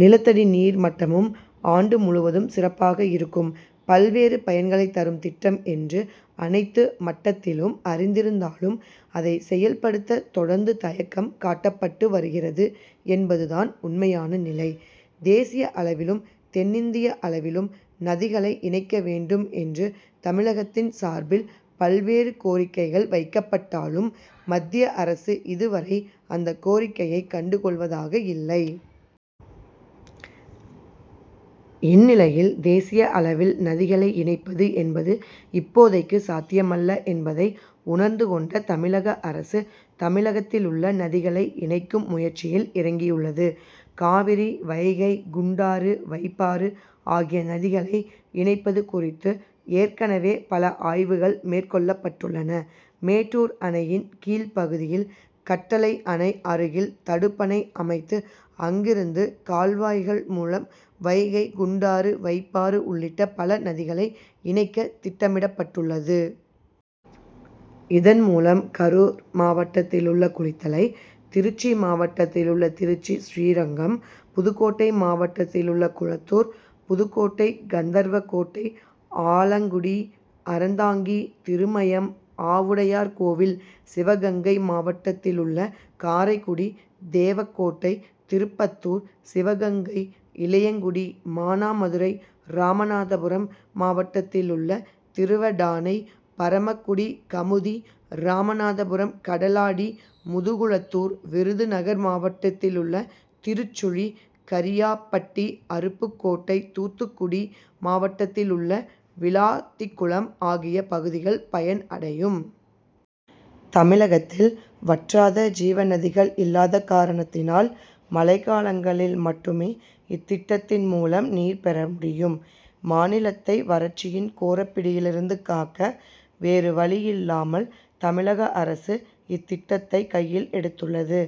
நிலத்தடி நீர் மட்டமும் ஆண்டு முழுவதும் சிறப்பாக இருக்கும். பல்வேறு பயன்களை தரும் திட்டம் என்று அனைத்து மட்டத்திலும் அறிந்திருந்தாலும் அதை செயல்படுத்த தொடர்ந்து தயக்கம் காட்டப்பட்டு வருகிறது என்பது தான் உண்மையான நிலை. தேசிய அளவிலும் தென்னிந்திய அளவிலும் நதிகளை இணைக்க வேண்டும் என்று தமிழகத்தின் சார்பில் பல்வேறு கோரிக்கைகள் வைக்கப்பட்டாலும் மத்திய அரசு இதுவரை அந்த கோரிக்கையை கண்டு கொள்வதாக இல்லை. இந்நிலையில் தேசிய அளவில் நதிகளை இணைப்பது என்பது இப்போதைக்கு சாத்தியமல்ல என்பதை உணர்ந்து கொண்ட தமிழக அரசு தமிழகத்திலுள்ள நதிகளை இணைக்கும் முயற்சியில் இறங்கியுள்ளது. காவிரி வைகை குண்டாறு வைப்பாறு ஆகிய நதிகளை இணைப்பது குறித்து ஏற்கனவே பல ஆய்வுகள் மேற்கொள்ளப்பட்டுள்ளன. மேட்டூர் அணையின் கீழ் பகுதியில் கட்டளை அணை அருகில் தடுப்பணை அமைத்து அங்கிருந்து கால்வாய்கள் மூலம் வைகை குண்டாறு வைப்பாறு உள்ளிட்ட பல நதிகளை இணைக்க திட்டமிடப்பட்டுள்ளது. இதன் மூலம் கரூர் மாவட்டத்திலுள்ள குளித்தலை திருச்சி மாவட்டத்திலுள்ள திருச்சி ஸ்ரீரங்கம் புதுக்கோட்டை மாவட்டத்திலுள்ள குளத்தூர் புதுக்கோட்டை கந்தர்வகோட்டை ஆலங்குடி அறந்தாங்கி திருமயம் ஆவுடையார் கோவில் சிவகங்கை மாவட்டத்திலுள்ள காரைக்குடி தேவக்கோட்டை திருப்பத்தூர் சிவகங்கை இளையங்குடி மானாமதுரை ராமநாதபுரம் மாவட்டத்திலுள்ள திருவடானை பரமக்குடி கமுதி ராமநாதபுரம் கடலாடி முதுகுளத்தூர் விருதுநகர் மாவட்டத்திலுள்ள திருச்சுழி கரியாப்பட்டி அருப்புக்கோட்டை தூத்துக்குடி மாவட்டத்திலுள்ள விளாத்திக்குளம் ஆகிய பகுதிகள் பயன் அடையும். தமிழகத்தில் வற்றாத ஜீவநதிகள் இல்லாத காரணத்தினால் மழைக்காலங்களில் மட்டுமே இத்திட்டத்தின் மூலம் நீர் பெற முடியும். மாநிலத்தை வறட்சியின் கோரப்பிடியிலிருந்து காக்க வேறு வழியில்லாமல் தமிழக அரசு இத்திட்டத்தை கையில் எடுத்துள்ளது.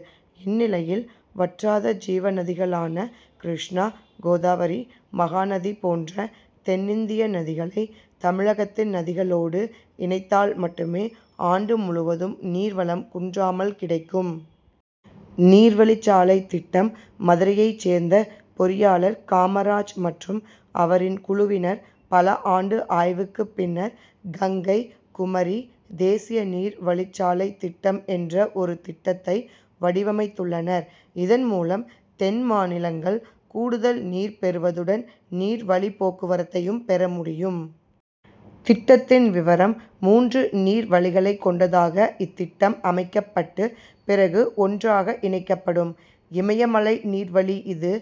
இந்நிலையில் வற்றாத ஜீவநதிகளான கிருஷ்ணா கோதாவரி மகாநதி போன்ற தென்னிந்திய நதிகளை தமிழகத்தின் நதிகளோடு இணைத்தால் மட்டுமே ஆண்டு முழுவதும் நீர்வளம் குன்றாமல் கிடைக்கும். நீர் வழிச் சாலை திட்டம் மதுரையைச் சேர்ந்த பொறியாளர் காமராஜ் மற்றும் அவரின் குழுவினர் பல ஆண்டு ஆய்வுக்கு பின்னர் கங்கை குமரி தேசிய நீர் வழிச்சாலை திட்டம் என்ற ஒரு திட்டத்தை வடிவமைத்துள்ளனர். இதன் மூலம் தென் மாநிலங்கள் கூடுதல் நீர் பெறுவதுடன் நீர் வழிப் போக்குவரத்தையும் பெற முடியும். திட்டத்தின் விவரம் மூன்று நீர்வழிகளை கொண்டதாக இத்திட்டம் அமைக்கப்பட்டு பிறகு ஒன்றாக இணைக்கப்படும். இமயமலை நீர்வழி இது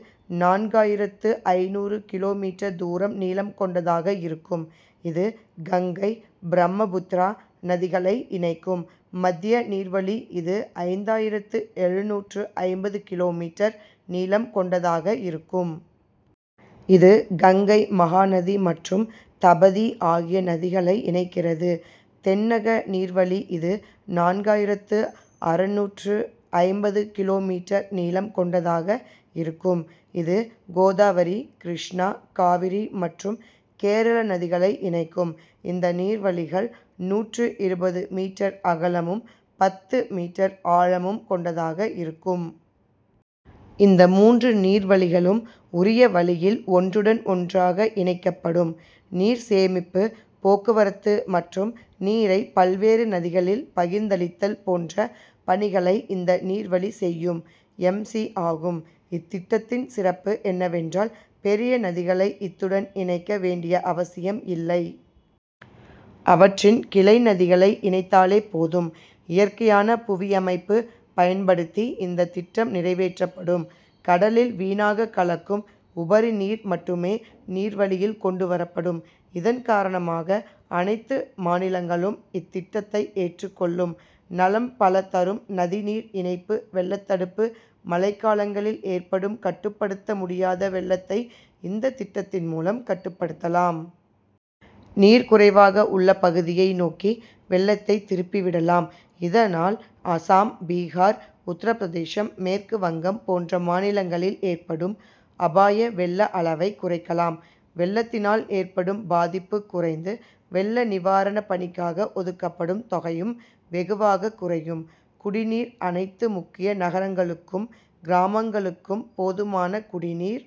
நான்காயிரத்து ஐநூறு கிலோ மீட்டர் தூரம் நீளம் கொண்டதாக இருக்கும். இது கங்கை பிரம்மபுத்திரா நதிகளை இணைக்கும். மத்திய நீர்வழி இது ஐந்தாயிரத்து எழுநூற்று ஐம்பது கிலோ மீட்டர் நீளம் கொண்டதாக இருக்கும். இது கங்கை மகாநதி மற்றும் தபதி ஆகிய நதிகளை இணைக்கிறது. தென்னக நீர்வழி இது நான்காயிரத்து அறுநூற்று ஐம்பது கிலோ மீட்டர் நீளம் கொண்டதாக இருக்கும். இது கோதாவரி கிருஷ்ணா காவிரி மற்றும் கேரள நதிகளை இணைக்கும். இந்த நீர்வழிகள் நூற்று இருபது மீட்டர் அகலமும் பத்து மீட்டர் ஆழமும் கொண்டதாக இருக்கும். இந்த மூன்று நீர்வழிகளும் உரிய வழியில் ஒன்றுடன் ஒன்றாக இணைக்கப்படும். நீர் சேமிப்பு போக்குவரத்து மற்றும் நீரை பல்வேறு நதிகளில் பகிர்ந்தளித்தல் போன்ற பணிகளை இந்த நீர்வழி செய்யும். எம். சி. ஆகும். இத்திட்டத்தின் சிறப்பு என்னவென்றால் பெரிய நதிகளை இத்துடன் இணைக்க வேண்டிய அவசியம் இல்லை. அவற்றின் கிளை நதிகளை இணைத்தாலே போதும். இயற்கையான புவியமைப்பு பயன்படுத்தி இந்த திட்டம் நிறைவேற்றப்படும். கடலில் வீணாக கலக்கும் உபரி நீர் மட்டுமே நீர்வழியில் கொண்டு வரப்படும். இதன் காரணமாக அனைத்து மாநிலங்களும் இத்திட்டத்தை ஏற்றுக் கொள்ளும். நலம் பல தரும் நதி நீர் இணைப்பு வெள்ளத்தடுப்பு மழைக்காலங்களில் ஏற்படும் கட்டுப்படுத்த முடியாத வெள்ளத்தை இந்த திட்டத்தின் மூலம் கட்டுப்படுத்தலாம். நீர் குறைவாக உள்ள பகுதியை நோக்கி வெள்ளத்தை திருப்பி விடலாம். இதனால் அசாம் பீகார் உத்தரப்பிரதேசம் மேற்கு வங்கம் போன்ற மாநிலங்களில் ஏற்படும் அபாய வெள்ள அளவை குறைக்கலாம். வெள்ளத்தினால் ஏற்படும் பாதிப்பு குறைந்து வெள்ள நிவாரண பணிக்காக ஒதுக்கப்படும் தொகையும் வெகுவாக குறையும். குடிநீர் அனைத்து முக்கிய நகரங்களுக்கும் கிராமங்களுக்கும் போதுமான குடிநீர்